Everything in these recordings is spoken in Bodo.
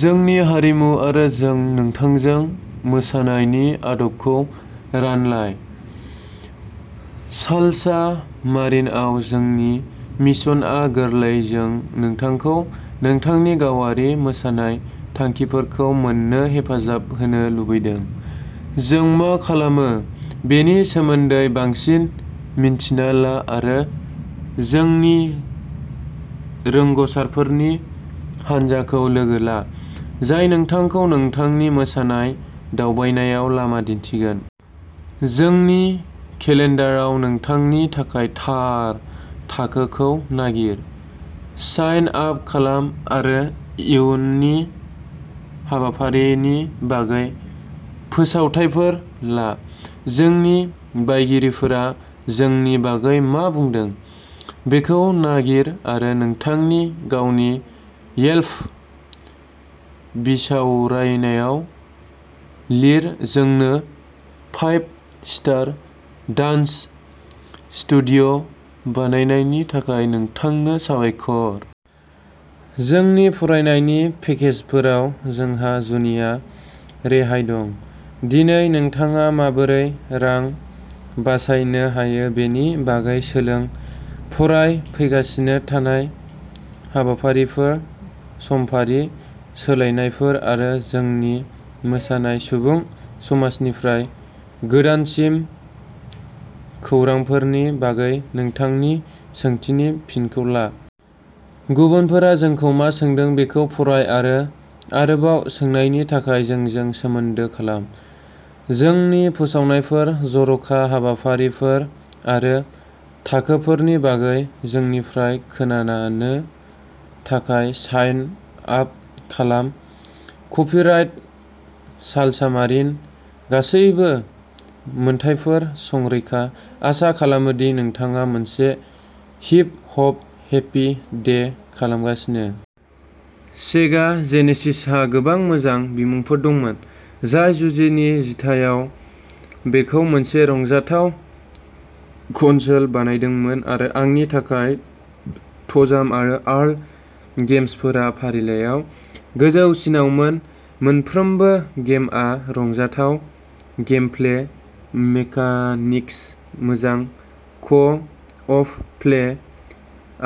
जोंनि हारिमु आरो जों नोंथांजों मोसानायनि आदबखौ रानलाय सालसा मारिनआव जोंनि मिशनआ गोरलै जों नोंथांखौ नोंथांनि गावारि मोसानाय थांखिफोरखौ मोन्नो हेफाजाब होनो लुबैदों। जों मा खालामो बेनि सोमोन्दै बांसिन मिन्थिना ला आरो जोंनि रोंग'सारफोरनि हान्जाखौ लोगो ला जाय नोंथांखौ नोंथांनि मोसानाय दावबायनायाव लामा दिन्थिगोन जोंनि केलेन्डाराव नोंथांनि थाखाय थार थाखोखौ नागिर। साइन आप खालाम आरो इयुननि हाबाफारिफोरनि बागै फोसावथायफोर ला। जोंनि बायगिरिफोरा जोंनि बागै मा बुंदों बेखौ नागिर आरो नोंथांनि गावनि येल्प बिसावरायनाय लिर। जोंनो फाइभ स्टार डान्स स्टुडिय' बानायनायनि थाखाय नोंथांनो साबायखर! जोंनि फरायनायनि पेकेजफोराव जोंहा जुनिया रेहाय दं दिनै नोंथाङा माबोरै रां बासायनो हायो बेनि बागै सोलों फराय फैगासिनो थानाय हाबाफारिफोर समफारि सोलायनायफोर आरो जोंनि मोसानाय सुबुं समाजनिफ्राय गोदानसिन खौरांफोरनि बागै। नोंथांनि सोंथिनि फिनखौ ला गुबुनफोरा जोंखौ मा सोंदों बेखौ फराय आरो आरोबाव सोंनायनि थाखाय जोंजों सोमोन्दो खालाम जोंनि फोसावनायफोर जर'खा हाबाफारिफोर आरो थाखोफोरनि बागै जोंनिफ्राय खोनानानो थाखाय साइन आप खालाम। कपिराइट सालसामारिन गासैबो मोनथायफोर संरैखा। आसा खालामो दि नोंथाङा मोनसे हिप हप हेपि डे खालामगासिनो सेगा जेनेसिसहा गोबां मोजां बिमुंफोर दंमोन जाय गुजिनि जिथायाव बेखौ मोनसे रंजाथाव कनसोल बानायदोंमोन आरो आंनि थाखाय ट'जाम आरो आर्ल गेम्सफोरा फारिलाइयाव गोजौसिनावमोन। मोनफ्रोमबो गेमआ रंजाथाव गेमप्ले मेकानिक्स मोजां क' अप प्ले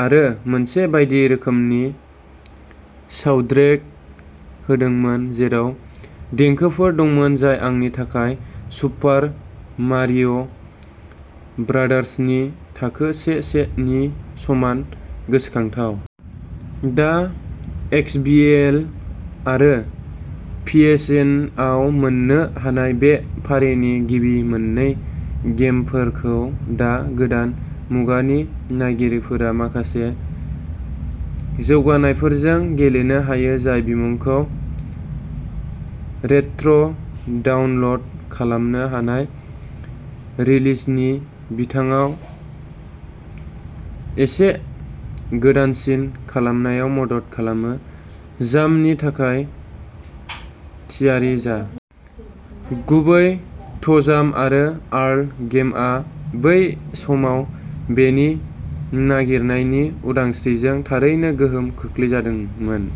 आरो मोनसे बायदि रोखोमनि साउन्डट्रेक होदोंमोन जेराव देंखोफोर दंमोन जाय आंनि थाखाय सुपार मारिय' ब्रादार्सनि थाखो से से नि समान गोसोखांथाव। दा एक्सबीएलए आरो पीएसएनआव मोननो हानाय, बे फारिनि गिबि मोन्नै गेमफोरखौ दा गोदान मुगानि नायगिरिफोरा माखासे जौगानायफोरजों गेलेनो हायो जाय बिमुंखौ रेट्र'डाउनल'ड खालामनो हानाय रिलिजनि बिथाङाव एसे गोदानसिन खालामनायाव मदद खालामो। जामनि थाखाय थियारि जा! गुबै ट'जाम आरो आर्ल गेमआ बै समाव बेनि नागिरनायनि उदांस्रिजों थारैनो गोहोम खोख्लैजादोंमोन।